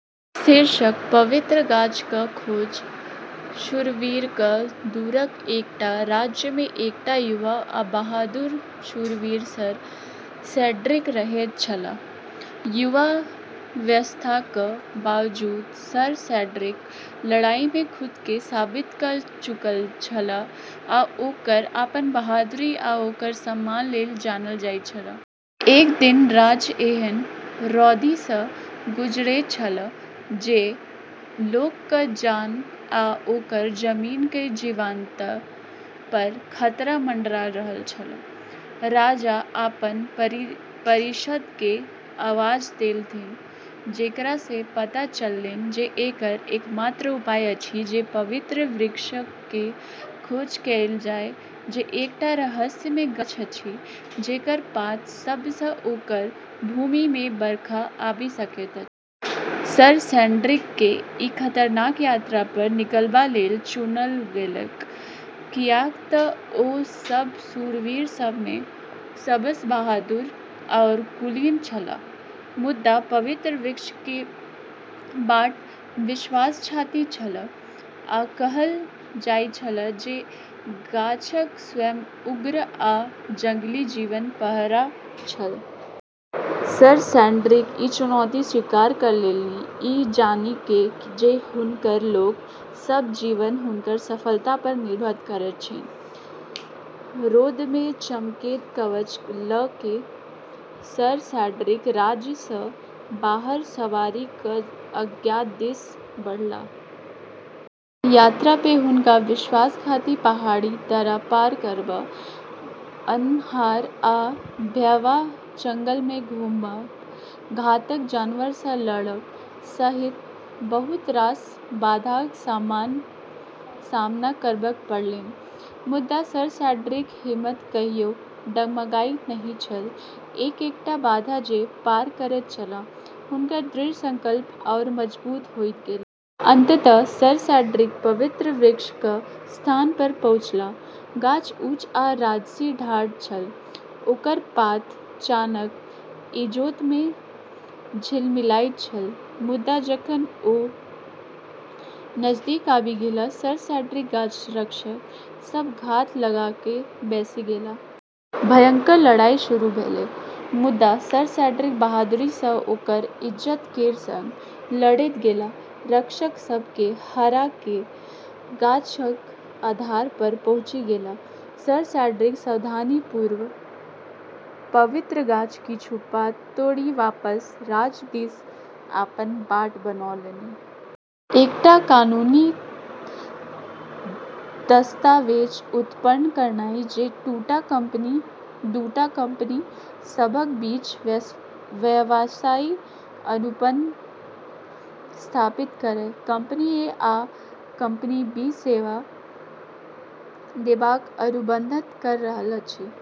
शीर्षक: पवित्र गाछक खोज शूरवीरक दूरक एकटा राज्यमे एकटा युवा आ बहादुर शूरवीर सर सेड्रिक रहैत छलाह। युवावस्थाक बावजूद सर सेड्रिक लड़ाईमे खुदकेँ साबित कऽ चुकल छलाह आओर अपन बहादुरी आओर सम्मान लेल जानल जाइत छलाह। एक दिन राज्य एहेन रौदीसँ गुजरैत छल जे लोकक जान आ ओकर जमीनक जीवंतता पर खतरा मंडरा रहल छल। राजा अपन परिषदकेँ आवाज देलथिन, जेकरासँ पता चललैन जे एकर एकमात्र उपाय अछि जे पवित्र वृक्षक खोज कएल जाय, जे एकटा रहस्यमय गाछ अछि, जेकर पात सभसँ ओकर भूमिमे बरखा आबि सकैत अछि। सर सेड्रिककेँ ई खतरनाक यात्रा पर निकलबा लेल चुनल गेलैन, कियाक तँ ओ सभ शूरवीर सभमे सबसँ बहादुर आओर कुलीन छलाह। मुदा पवित्र वृक्षक बाट विश्वासघाती छल, आ कहल जाइत छल जे गाछक स्वयं उग्र आ जंगली जीवक पहरा छल। सर सेड्रिक ई चुनौती स्वीकार कऽ लेलनि, ई जानि कऽ जे हुनकर लोक सभक जीवन हुनकर सफलता पर निर्भर करैत छैन। रौदमे चमकैत कवच लऽ कऽ सर सेड्रिक राज्यसँ बाहर सवारी कऽ अज्ञात दिस बढ़लाह। यात्रा पर हुनका विश्वासघाती पहाड़ी दर्रा पार करब, अन्हार आ भयावह जंगलमे घुमब, घातक जनावरसँ लड़ब सहित बहुत रास बाधाक सामना करब पड़लैन। मुदा सर सेड्रिकक हिम्मत कहियो डगमगाइत नहि छल। एक-एकटा बाधा जे पार करैत छलाह, हुनकर दृढ़ संकल्प आओर मजबूत होइत गेलैन। अंततः सर सेड्रिक पवित्र वृक्षक स्थान पर पहुँचलाह। गाछ ऊँच आ राजसी ठाढ़ छल, ओकर पात चानक इजोतमे झिलमिलाइत छल। मुदा जखन ओ नजदीक आबि गेलाह, सर सेड्रिक गाछक रक्षक सभ घात लगा कऽ बैसि गेलाह। भयंकर लड़ाई शुरू भेलै, मुदा सर सेड्रिक बहादुरीसँ आओर इज्जत केर संग लड़ैत गेलाह, रक्षक सभकेँ हरा कऽ गाछक आधार पर पहुँची गेलाह। सर सेड्रिक सावधानीपूर्वक पवित्र गाछक किछु पात तोड़ि वापस राज्य दिस अपन बाट बनौलनि। एकटा कानूनी दस्तावेज उत्पन्न करनाइ जे दूटा कंपनी सभक बीच व्यावसायिक अनुबंध स्थापित करय। कंपनी ए आ कंपनी बी सेवा देबाक अनुबंध कऽ रहल अछि।